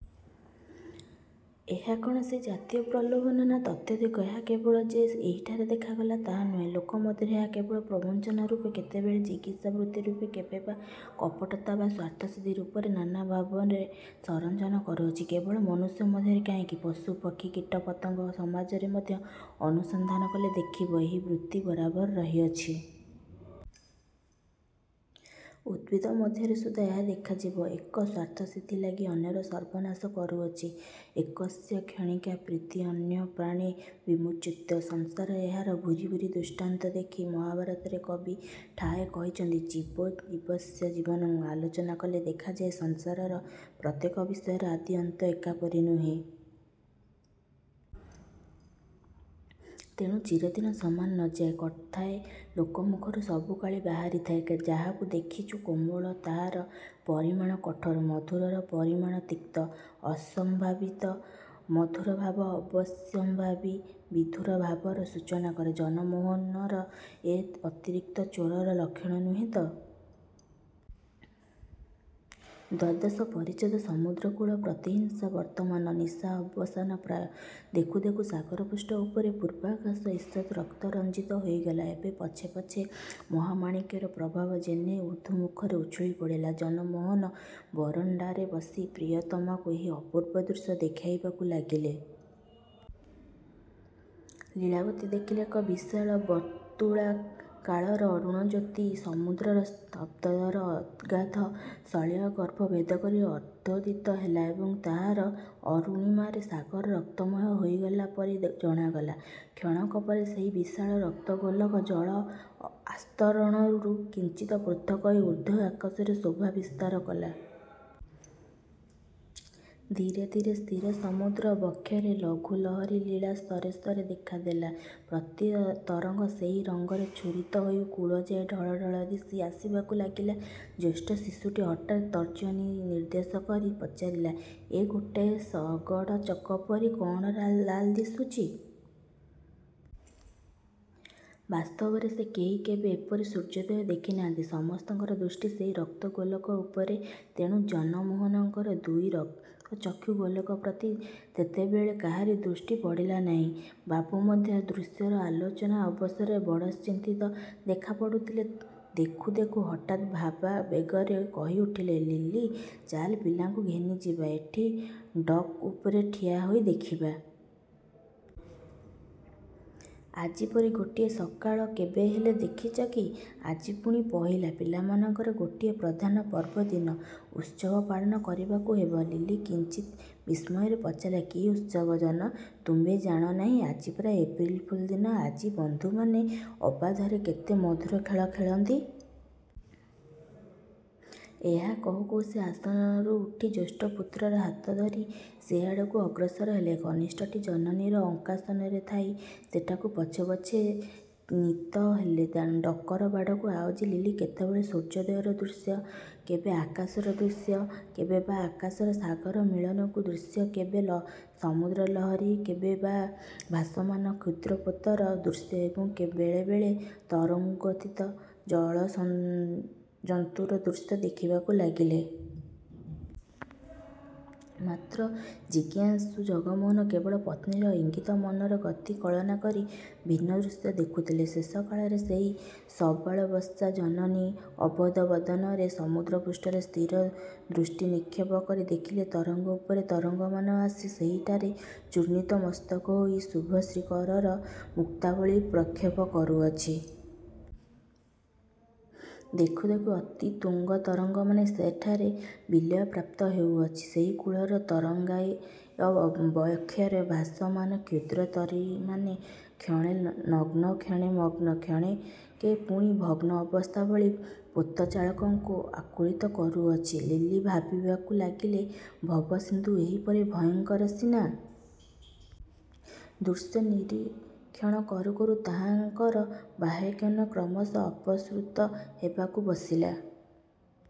ଏହା କଣ ସେହି ଜାତୀୟ ପ୍ରଲୋଭନ? ନା ତତୋଽଧିକ! ଏହା କେବଳ ଯେ ଏହିଠାରେ ଦେଖା ଗଲା, ତାହା ନୁହେଁ; ଲୋକ। ମଧ୍ୟରେ ଏହା କେବେ ପ୍ରବଞ୍ଚନା-ରୂପେ କେତେବେଳେ ଜିଗୀଷାବୃତ୍ତିରୂପେ କେବେ ବା କପଟତା ବା ସ୍ୱାର୍ଥସିଦ୍ଧି ରୂପରେ ନାନା ଭାବରେ ସଞ୍ଚରଣ କରୁଅଛି। କେବଳ ମନୁଷ୍ୟ ମଧ୍ୟରେ କାହିଁକି, ପଶୁ ପକ୍ଷୀ କୀଟ ପତଙ୍ଗ ସମାଜରେ ମଧ୍ୟ ଅନୁସନ୍ଧାନ କଲେ ଦେଖିବ, ଏହି ବୃତ୍ତି ବରାବର ରହିଅଛି। ଉଦ୍ଭିଦ ମଧ୍ୟରେ ସୁଦ୍ଧା ଏହା ଦେଖାଯିବ। ଏକ ସ୍ୱାର୍ଥସିଦ୍ଧିଲାଗି ଅନ୍ୟର ସର୍ବନାଶ କରୁଅଛି! 'ଏକସ୍ୟ କ୍ଷଣିକା ପ୍ରୀତିଃ ଅନ୍ୟଃ ପ୍ରାଣୈ ର୍ବିମୁଚ୍ୟତେ। ' ସଂସାରରେ ଏହାର ଭୂରି ଭୂରି ଦୃଷ୍ଟାନ୍ତ ଦେଖି ମହାଭାରତରେ କବି ଠାଏ କହିଅଛନ୍ତି 'ଜୀବୋଜୀବସ୍ୟ ଜୀବନଂ'। ଆଲୋଚନା କଲେ ଦେଖାଯାଏ, ସଂସାରର ପ୍ରତ୍ୟେକ ବିଷୟର ଆଦି ଅନ୍ତ ଏକା ପରି ନୁହେଁ। ତେଣୁ 'ଚିରଦିନ ସମାନ ନ ଯା'ଏ କଥାଟା ଲୋକମୁଖରୁ ସବୁ କାଳେ ବାହାରି ଥାଏ। ଯାହାକୁ ଦେଖିଛୁ କୋମଳ ତାହାର ପରିଣାମ କଠୋର। ମଧୁରର ପରିଣାମ ତିକ୍ତ। ଅସମ୍ଭାବିତ ମଧୁର ଭାବ ଅବଶ୍ୟମ୍ଭାବୀ ବିଧୁର ଭାବର ସୂଚନା କରେ। ଜନମୋହନର ଏ ଅତିଭକ୍ତି ଚୋରର ଲକ୍ଷଣ ନୁହେଁ ତ? ଦ୍ୱାଦଶ ପରିଚ୍ଛେଦ ସମୁଦ୍ର କୂଳ-ପ୍ରତିହିଂସା ବର୍ତ୍ତମାନ ନିଶା ଅବସାନ ପ୍ରାୟ। ଦେଖୁ ଦେଖୁ ସାଗରପୃଷ୍ଠ ଉପରେ ପୂର୍ବାକାଶ ଇଷତ୍ ରକ୍ତରଞ୍ଜିତ ହୋଇଗଲା ଏବଂ ପଛେ ପଛେ ମହାମାଣିକ୍ୟର ପ୍ରବାହ ଯେହ୍ନେ ଉର୍ଦ୍ଧ୍ୱମୁଖରେ ଉଛୁଳି ପଡ଼ିଲା। ଜନମୋହନ ବରଣ୍ଡାରେ ବସି ପ୍ରିୟତମାକୁ ଏହି ଅପୂର୍ବ ଦୃଶ୍ୟ ଦେଖାଇବାକୁ ଲାଗିଲେ। ଲୀଳାବତୀ ଦେଖିଲେ, ଏକ ବିଶାଳ ବର୍ତ୍ତୁଳାକାଳର ଅରୁଣଜ୍ୟୋତି ସମୁଦ୍ରର ସ୍ତବ୍ଧତର ଅଗାଧ ସଲିଳଗର୍ଭ ଭେଦ କରି ଅର୍ଦ୍ଧୋଦିତ ହେଲା ଏବଂ ତାହାର ଅରୁଣିମାରେ ସାଗର ରକ୍ତମୟ ହୋଇଗଲା ପରି ଜଣାଗଲା। କ୍ଷଣକ ପରେ ସେହି ବିଶାଳ ରକ୍ତଗୋଲକ ଜଳ ଆସ୍ତରଣରୁ କିଞ୍ଚିତ୍ ପୃଥକ ହୋଇ ଊର୍ଦ୍ଧ୍ୱ ଆକାଶରେ ଶୋଭା ବିସ୍ତାର କଲା। ଧୀରେ ଧୀରେ ସ୍ଥିର ସମୁଦ୍ର ବକ୍ଷରେ ଲଘୁଲହରୀ ଲୀଳା ସ୍ତରେ ସ୍ତରେ ଦେଖା ଦେଲା। ପ୍ରତି ତରଙ୍ଗ ସେହି ରଙ୍ଗରେ ଛୁରିତ ହୋଇ କୂଳଯାଏ ଢଳ ଢଳ ଦିଶି ଆସିବାକୁ ଲାଗିଲା। ଜ୍ୟେଷ୍ଠ ଶିଶୁଟି ହଠାତ୍ ତର୍ଜନୀ ନିର୍ଦ୍ଦେଶ କରି ପଚାରିଲା- ଏ ଗୋଟାଏ ଶଗଡ଼ ଚକ ପରି କଣ ଲାଲ ଦିଶୁଛି? ବାସ୍ତବରେ ସେ କେହି କେବେ ଏପରି ସୂର୍ଯ୍ୟୋଦୟ ଦେଖି ନାହାନ୍ତି। ସମସ୍ତଙ୍କର ଦୃଷ୍ଟି ସେହି ରକ୍ତଗୋଲକ ଉପରେ, ତେଣୁ ଜନମୋହନଙ୍କର ଦୁଇ ରକ୍ତଚକ୍ଷୁଗୋଲକ ପ୍ରତି ତେତେବେଳେ କାହାରି ଦୃଷ୍ଟି ପଡ଼ିଲା ନାହିଁ। ବାବୁ ମଧ୍ୟ ଦୃଶ୍ୟର ଆଲୋଚନା ଅବସରରେ ବଡ଼ ଚିନ୍ତିତ ଦେଖାପଡ଼ୁଥିଲେ। ଦେଖୁ ଦେଖୁ ହଠାତ୍ ଭାବାବେଗରେ କହିଉଠିଲେ, ଲିଲି, ଚାଲ ପିଲାଙ୍କୁ ଘେନି ଯିବା, ଏହି ଡକ୍ ଉପରେ ଠିଆ ହୋଇ ଦେଖିବା। ଆଜି ପରି ଗୋଟିଏ ସକାଳ କେବେ ହେଲେ ଦେଖିଛ କି? ଆଜି ପୁଣି ପହିଲା, ପିଲାମାନଙ୍କର ଗୋଟିଏ ପ୍ରଧାନ ପର୍ବଦିନ। ଉତ୍ସବ ପାଳନ କରିବାକୁ ହେବ। ଲିଲି କିଞ୍ଚିତ୍ ବିସ୍ମୟରେ ପଚାରିଲେ ''କି ଉତ୍ସବ? '' ଜନ ତୁମ୍ଭେ ଜାଣ ନାହିଁ। ଆଜି ପରା ଏପ୍ରିଲ ଫୁଲ ଦିନ ଆଜି ବନ୍ଧୁମାନେ ଅବାଧରେ କେତେ ମଧୁର ଖେଳ ଖେଳନ୍ତି। ଏହା କହୁଁ କହୁଁ ସେ ଆସନରୁ ଉଠି ଜ୍ୟେଷ୍ଠପୁତ୍ରର ହାତ ଧରି ସେଆଡ଼କୁ ଅଗ୍ରସର ହେଲେ। କନିଷ୍ଠଟି ଜନନୀର ଅଙ୍କାସନରେ ଥାଇ ସେଠାକୁ ପଛେ ପଛେ ନୀତ ହେଲା। ଡକର ବାଡ଼କୁ ଆଉଜି ଲିଲି କେତେବେଳେ ସୂର୍ଯ୍ୟୋଦୟର ଦୃଶ୍ୟ କେବେ ଆକାଶର ଦୃଶ୍ୟ କେବେ ବା ଆକାଶ ସାଗର ମିଳନର ଦୃଶ୍ୟ କେବେ ସମୁଦ୍ରଲହରୀ କେବେ ବା ଭାସମାନ କ୍ଷୁଦ୍ରପୋତର ଦୃଶ୍ୟ ଏବଂ ବେଳେ ବେଳେ ତରଙ୍ଗୋତ୍ଥିତ ଜଳଜନ୍ତୁର ଦୃଶ୍ୟ ଦେଖିବାକୁ ଲାଗିଲେ। ମାତ୍ର ଜିଘାଂସୁ ଜନମୋହନ କେବଳ ପତ୍ନୀର ଇଙ୍ଗିତ, ମନର ଗତି କଳନା କରି ଭିନ୍ନ ଦୃଶ୍ୟ ଦେଖୁଥିଲେ। ଶେଷକାଳରେ ସେହି ସବାଳବତ୍ସା ଜନନୀ ଅଧୋବଦନରେ ସମୁଦ୍ରପୃଷ୍ଠରେ ସ୍ଥିର ଦୃଷ୍ଟି ନିକ୍ଷେପ କରି ଦେଖିଲେ ଯେ ତରଙ୍ଗ ଉପରେ ତରଙ୍ଗମାନ ଆସି ସେହିଠାରେ ଚୂର୍ଣ୍ଣିତମସ୍ତକ ହୋଇ ଶୁଭ୍ରଶୀକର ମୁକ୍ତାବଳୀ ପ୍ରକ୍ଷେପ କରୁଅଛି। ଦେଖୁ ଦେଖୁ ଅତି ତୁଙ୍ଗ ତରଙ୍ଗମାନ ସେଠାରେ ବିଲୟ ପ୍ରାପ୍ତ ହେଉଅଛି। ସେହି ଅକୂଳ ତରଙ୍ଗାୟିତ ବକ୍ଷରେ ଭାସମାନ କ୍ଷୁଦ୍ରତରୀମାନ କ୍ଷଣେ ନଗ୍ନ କ୍ଷଣେ ମଗ୍ନ କ୍ଷଣକେ ପୁଣି ଭଗ୍ନ ଅବସ୍ଥା ଭଳି ପୋତଚାଳକଙ୍କୁ ଆକୁଳିତ କରୁଅଛି। ଲିଲି ଭାଳିବାକୁ ଲାଗିଲେ, ଭବସିନ୍ଧୁ ଏହିପରି ଭୟଙ୍କର ସିନା! ଦୃଶ୍ୟ ନିରୀକ୍ଷଣ କରୁ କରୁ ତାହାଙ୍କର ବାହ୍ୟଜ୍ଞାନ କ୍ରମଶଃ ଅପସୃତ ହେବାକୁ ବସିଲା।